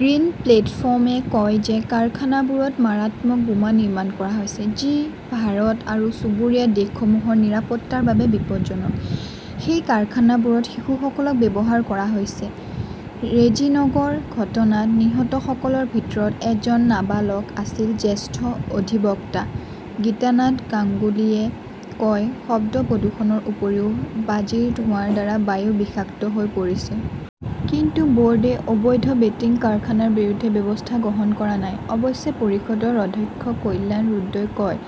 Green প্লেটফৰ্ম-এ কয় যে কাৰখানাবোৰত মাৰাত্মক বোমা নিৰ্মাণ কৰা হৈছে, যি ভাৰত আৰু চুবুৰীয়া দেশসমূহৰ নিৰাপত্তাৰ বাবে বিপদজনক। সেই কাৰখানাবোৰত শিশুসকলক ব্যৱহাৰ কৰা হৈছে। ৰেজিনগৰ ঘটনাত নিহতসকলৰ ভিতৰত এজন নাবালক আছিল। জ্যেষ্ঠ অধিবক্তা গীতানাথ গাংগুলীয়ে কয়, শব্দ প্ৰদূষণৰ উপৰিও বাজিৰ ধোঁৱাৰ দ্বাৰা বায়ু বিষাক্ত হৈ পৰিছে। কিন্তু বৰ্ডে অবৈধ বেটিং কাৰখানাৰ বিৰুদ্ধে ব্যৱস্থা গ্ৰহণ কৰা নাই। অৱশ্যে, পৰিষদৰ অধ্যক্ষ কল্যাণ ৰুদ্ৰই কয়,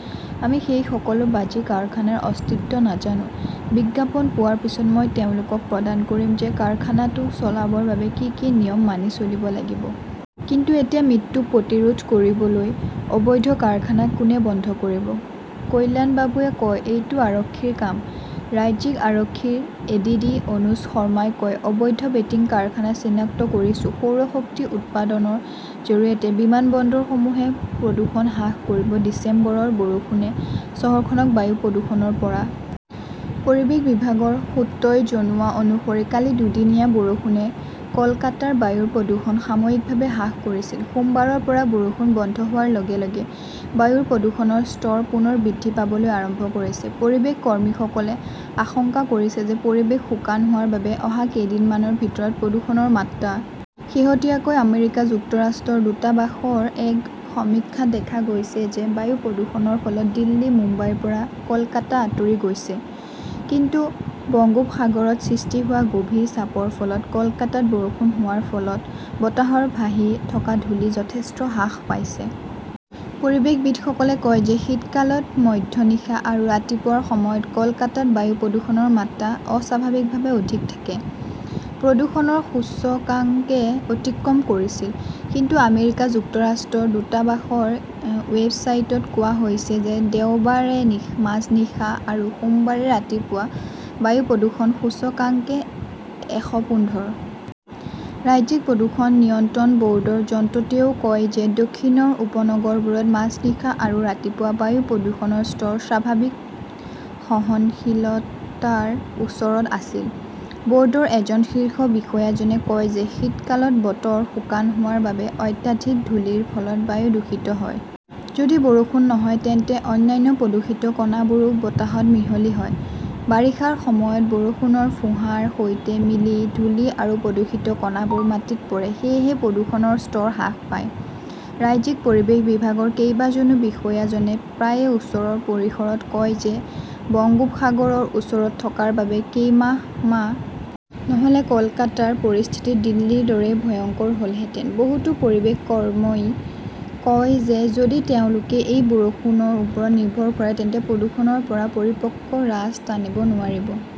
আমি সেই সকলো বাজি কাৰখানাৰ অস্তিত্ব নাজানো। বিজ্ঞাপন পোৱাৰ পিছত, মই তেওঁলোকক প্ৰদান কৰিম যে কাৰখানাটো চলাবৰ বাবে কি কি নিয়ম মানি চলিব লাগিব। কিন্তু এতিয়া মৃত্যু প্ৰতিৰোধ কৰিবলৈ অবৈধ কাৰখানা কোনে বন্ধ কৰিব? কল্যাণবাবুৱে কয়, এইটো আৰক্ষীৰ কাম। ৰাজ্যিক আৰক্ষীৰ এডিডি অনুজ শৰ্মাই কয়, অবৈধ বেটিং কাৰখানা চিনাক্ত কৰিছো। সৌৰ শক্তি উৎপাদনৰ জৰিয়তে বিমানবন্দৰসমূহে প্ৰদূষণ হ্ৰাস কৰিব ডিচেম্বৰৰ বৰষুণে চহৰখনক বায়ু প্ৰদূষণৰ পৰা ৰক্ষা কৰিছিল, সেয়া যিমানেই ঘন হওঁক। পৰিৱেশ বিভাগৰ সূত্ৰই জনোৱা অনুসৰি কালি দুদিনীয়া বৰষুণে কলকাতাৰ বায়ুৰ প্ৰদূষণ সাময়িকভাৱে হ্ৰাস কৰিছিল। সোমবাৰৰ পৰা বৰষুণ বন্ধ হোৱাৰ লগে-লগে বায়ুৰ প্ৰদূষণৰ স্তৰ পুনৰ বৃদ্ধি পাবলৈ আৰম্ভ কৰিছে। পৰিৱেশ কৰ্মীসকলে আশংকা কৰিছে যে পৰিৱেশ শুকান হোৱাৰ বাবে অহা কেইদিনমানৰ ভিতৰত প্ৰদূষণৰ মাত্ৰা পুনৰ বৃদ্ধি পাব। শেহতীয়াকৈ আমেৰিকা যুক্তৰাষ্ট্ৰৰ দূতাবাসৰ এক সমীক্ষাত দেখা গৈছে যে বায়ু প্ৰদূষণৰ ফলত দিল্লী, মুম্বাইৰ পৰা কলকাতা আঁতৰি গৈছে। কিন্তু বংগোপসাগৰত সৃষ্টি হোৱা গভীৰ চাপৰ ফলত কলকাতাত বৰষুণ হোৱাৰ ফলত বতাহৰ ভাহি থকা ধূলি যথেষ্ট হ্ৰাস পাইছিল। পৰিৱেশবিদসকলে কয় যে শীতকালত মধ্যনিশা আৰু ৰাতিপুৱাৰ সময়ত কলকাতাত বায়ু প্ৰদূষণৰ মাত্ৰা অস্বাভাৱিকভাৱে অধিক থাকে। প্ৰদূষণৰ সূচকাংকে অতিক্ৰম কৰিছিল। কিন্তু আমেৰিকা যুক্তৰাষ্ট্ৰৰ দূতাবাসৰ ৱেবছাইটত কোৱা হৈছে যে দেওবাৰে মাজনিশা আৰু সোমবাৰে ৰাতিপুৱা বায়ু প্ৰদূষণ সূচকাংকে এশপোন্ধৰ ৰ পৰা এশত্ৰিছ ৰ ভিতৰত ঘূৰি আহিছিল। ৰাজ্যিক প্ৰদূষণ নিয়ন্ত্ৰণ বৰ্ডৰ যন্ত্ৰটোৱেও কয় যে দক্ষিণৰ উপনগৰবোৰত মাজনিশা আৰু ৰাতিপুৱা বায়ু প্ৰদূষণৰ স্তৰ স্বাভাৱিক সহনশীলতাৰ ওচৰত আছিল। বৰ্ডৰ এজন শীৰ্ষ বিষয়াজনে কয় যে শীতকালত বতৰ শুকান হোৱাৰ বাবে অত্যাধিক ধূলিৰ ফলত বায়ু দূষিত হয়। যদি বৰষুণ নহয় তেন্তে অন্যান্য প্ৰদূষিত কণাবোৰো বতাহত মিহলি হয়। বাৰিষাৰ সময়ত বৰষুণৰ ফোঁহাৰ সৈতে মিলি ধূলি আৰু প্ৰদূষিত কণাবোৰ মাটিত পৰে। সেয়েহে প্ৰদূষণৰ স্তৰ হ্ৰাস পায়। ৰাজ্যিক পৰিৱেশ বিভাগৰ কেইবাজনো বিষয়াজনে প্ৰায়ে ওচৰৰ পৰিসৰত কয় যে বংগোপসাগৰৰ ওচৰত থকাৰ বাবে কেইমাহমানৰ বাবে প্ৰদূষণৰ স্তৰ হ্ৰাস পাইছে। নহলে কলকাতাৰ পৰিস্থিতি দিল্লীৰ দৰেই ভয়ংকৰ হলহেঁতেন। বহুতো পৰিৱেশ কৰ্মীই কয় যে যদি তেওঁলোকে এই বৰষুণৰ ওপৰত নিৰ্ভৰ কৰে তেন্তে প্ৰদূষণৰ পৰা পৰিপক্ক ৰাছ টানিব নোৱাৰিব।